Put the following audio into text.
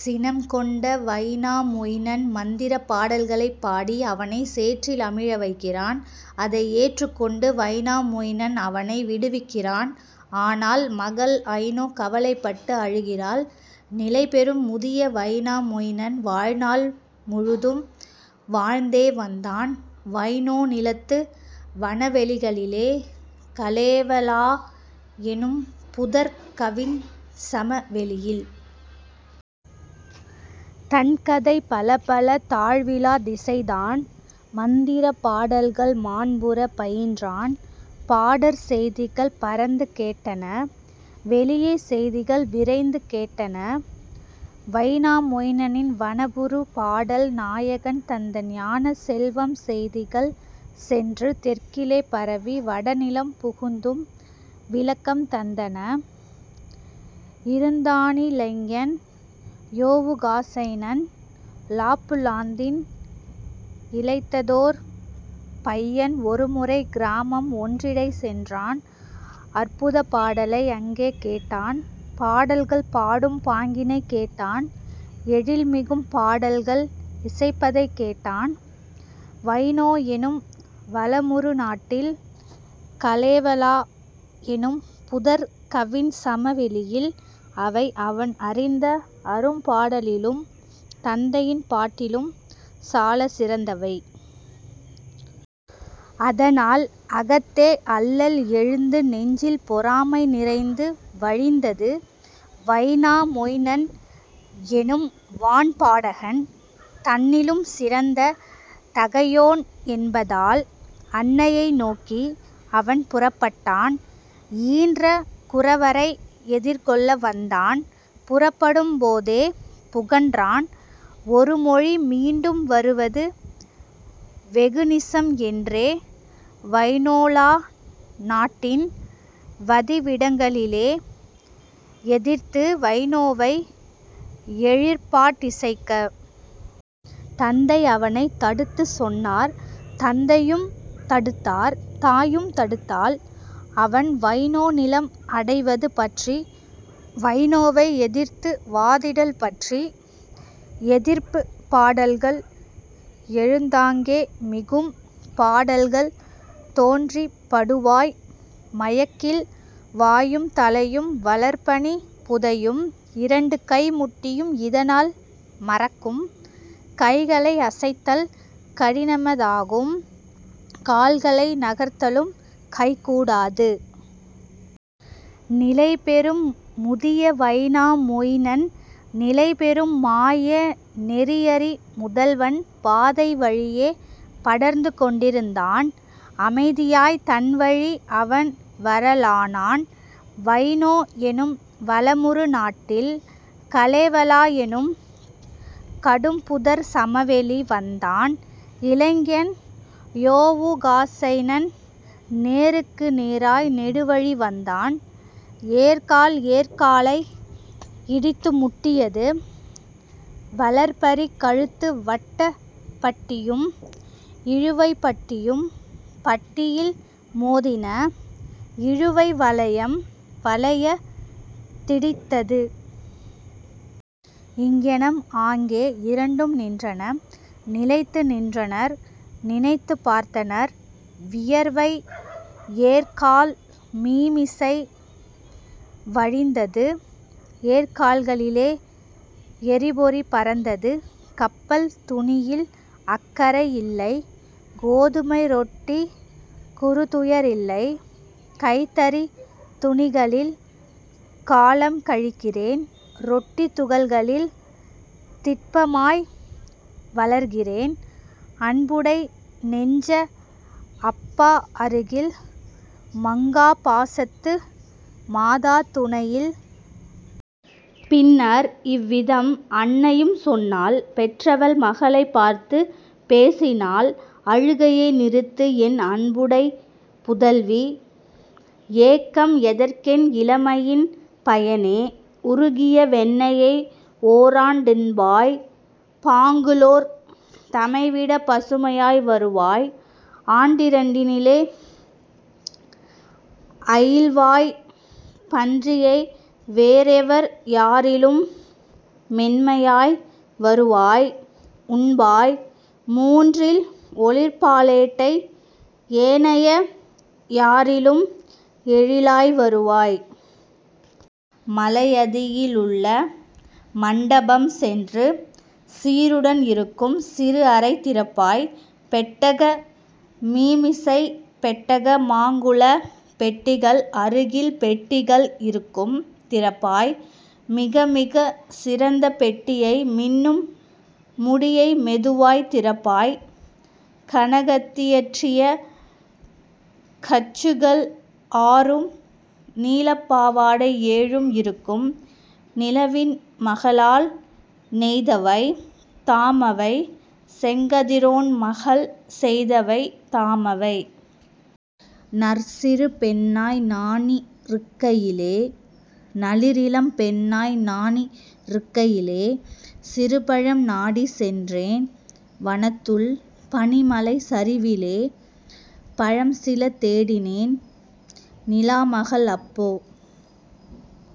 சினங் கொண்ட வைனாமொயினன் மந்திரப் பாடல்களைப் பாடி அவனைச் சேற்றில் அமிழ வைக்கிறான். அதை ஏற்றுக்கொண்டு வைனாமொயினன் அவனை விடுவிக்கிறான். ஆனால் மகள் ஐனோ கவலைப்பட்டு அழுகிறாள். நிலைபெறும் முதிய வைனா மொயினன் வாழ்நாள் முழுதும் வாழ்ந்தே வந்தான் வைனோ நிலத்து வனவெளிகளிலே கலேவலா எனும்புதர்க் கவின்சம வெளியில். தன்கதை பலப்பல தாழ்விலாதிசைத்தான் மந்திரப் பாடல்கள் மாண்புறப் பயின்றான். பாடற் செய்திகள் பரந்து கேட்டன வெளியே செய்திகள் விரைந்து கேட்டன வைனா மொயினனின் வனப்புறு பாடல் நாயகன் தந்த ஞானச் செல்வம் செய்திகள் சென்று தெற்கிலே பரவி வடநிலம் புகுந்தும் விளக்கம் தந்தன. இருந்தானிளைஞன் யொவுகாசைனன் லாப்புலாந்தின் இளைத்ததோர் பையன் ஒருமுறை கிராமம் ஒன்றிடைச் சென்றான் அற்புதப் பாடலை அங்கே கேட்டான் பாடல்கள் பாடும் பாங்கினைக் கேட்டான் எழில்மிகும் பாடல்கள் இசைப்பதைக் கேட்டான் வைனோ என்னும் வளமுறு நாட்டில் கலேவலா எனும்புதர்க் கவின்சம வெளியில் அவைஅவன் அறிந்த அரும்பாடலிலும் தந்தையின் பாட்டிலும் சாலச் சிறந்தவை. அதனால் அகத்தே அல்லல் எழுந்து நெஞ்சில் பொறாமை நிறைந்து வழிந்தது வைனா மொயினன் எனும்வான் பாடகன் தன்னிலும் சிறந்த தகையோன் என்பதால்; அன்னையை நோக்கி அவன் புறப்பட்டான் ஈன்ற குரவரை எதிர்கொள வந்தான் புறப்படும் போதே புகன்றான் ஒருமொழி மீண்டும் வருவது வெகுநிசம் என்றே வைனோலா நாட்டின் வதிவிடங்களிலே எதிர்த்துவைனோவை எழிற்பாட்டிசைக்க. தந்தை அவனைத் தடுத்துச் சொன்னார் தந்தையும் தடுத்தார் தாயும் தடுத்தாள் அவன்வைனோநிலம் அடைவது பற்றி வைனோவை எதிர்த்து வாதிடல் பற்றி; எதிர்ப்புப் பாடல்கள் எழுந்தாங்கே மிகும் பாடல்கள் தோன்றிப் படுவாய் மயக்கில் வாயும் தலையும் வளர்பனிப் புதையும் இரண்டுகை முட்டியும் இதனால் மரக்கும் கைகளை அசைத்தல் கடினமதாகும் கால்களை நகர்த்தலும் கைகூடாது. நிலைபெறும் முதிய வைனா மொயினன் நிலைபெறும் மாய நெறியறி முதல்வன் பாதை வழியே படர்ந்துகொண்டிருந்தான் அமைதியாய்த் தன்வழி அவன்வர லானான் வைனோ என்னும் வளமுறு நாட்டில் கலேவலா என்னும் கடும்புதர்ச் சமவெளி. வந்தான் இளைஞன் யொவுகாசைனன் நேருக்கு நேராய் நெடுவழி வந்தான் ஏர்க்கால் ஏர்க்காலை இடித்துமுட்டியது வளர்பரிக் கழுத்து வட்டப் பட்டியும் இழுவைப் பட்டியும் பட்டியில் மோதின இழுவை வளையம் வளையத் திடித்தது. இங்ஙனம் ஆங்கே இரண்டும் நின்றன நிலைத்து நின்றனர் நினைத்துப் பார்த்தனர் வியர்வை ஏர்க்கால் மீமிசை வழிந்தது ஏர்க்கால்களிலே எரிப்பொறி பறந்தது. கப்பல் துணியில் அக்கறை இல்லை கோதுமை ரொட்டிக் குறுதுயரில்லை கைத்தறித் துணிகளில் காலம்கழிக்கிறேன் ரொட்டித் துகள்களில் திட்பமாய் வளர்கிறேன் அன்புடை நெஞ்சத் அப்பா அருகில் மங்காப் பாசத்து மாதா துணையில். பின்னர் இவ்விதம் அன்னையும் சொன்னாள் பெற்றவள் மகளைப் பார்த்துப் பேசினாள்: அழுகையை நிறுத்துஎன் அன்புடைப் புதல்வி! ஏக்கம் எதற்கென் இளமையின் பயனே! உருகிய வெண்ணையை ஓராண்டுண்பாய் பாங்குளோர் தமைவிடப் பசுமையாய் வருவாய் ஆண்டிரண்டினிலே அயில்வாய் பன்றியை வேறெவர் யாரிலும் மென்மையாய் வருவாய் உண்பாய் மூன்றில் ஒளிர்பாலேட்டை ஏனைய யாரிலும் எழிலாய் வருவாய். மலையதியிலுள்ள மண்டபம் சென்று சீருடன் இருக்கும் சிறுஅறை திறப்பாய் பெட்டக மீமிசை பெட்டக மாங்குள பெட்டிகள் அருகில் பெட்டிகள் இருக்கும் திறப்பாய் மிகமிகச் சிறந்த பெட்டியை மின்னும் முடியை மெதுவாய்த் திறப்பாய் கனகத்தியற்றிய கச்சுகள் ஆறும் நீலப்பாவாடை ஏழும் இருக்கும் நிலவின் மகளால் நெய்தவை தாமவை செங்கதிரோன்மகள் செய்தவை தாமவை. நற்சிறு பெண்ணாய் நானிருக்கையிலே நளிர்இளம் பெண்ணாய் நானிருக்கையிலே சிறுபழம் நாடிச் சென்றேன் வனத்துள் பனிமலைச்சரிவிலே பழம்சில தேடினேன் நிலாமகள் அப்போ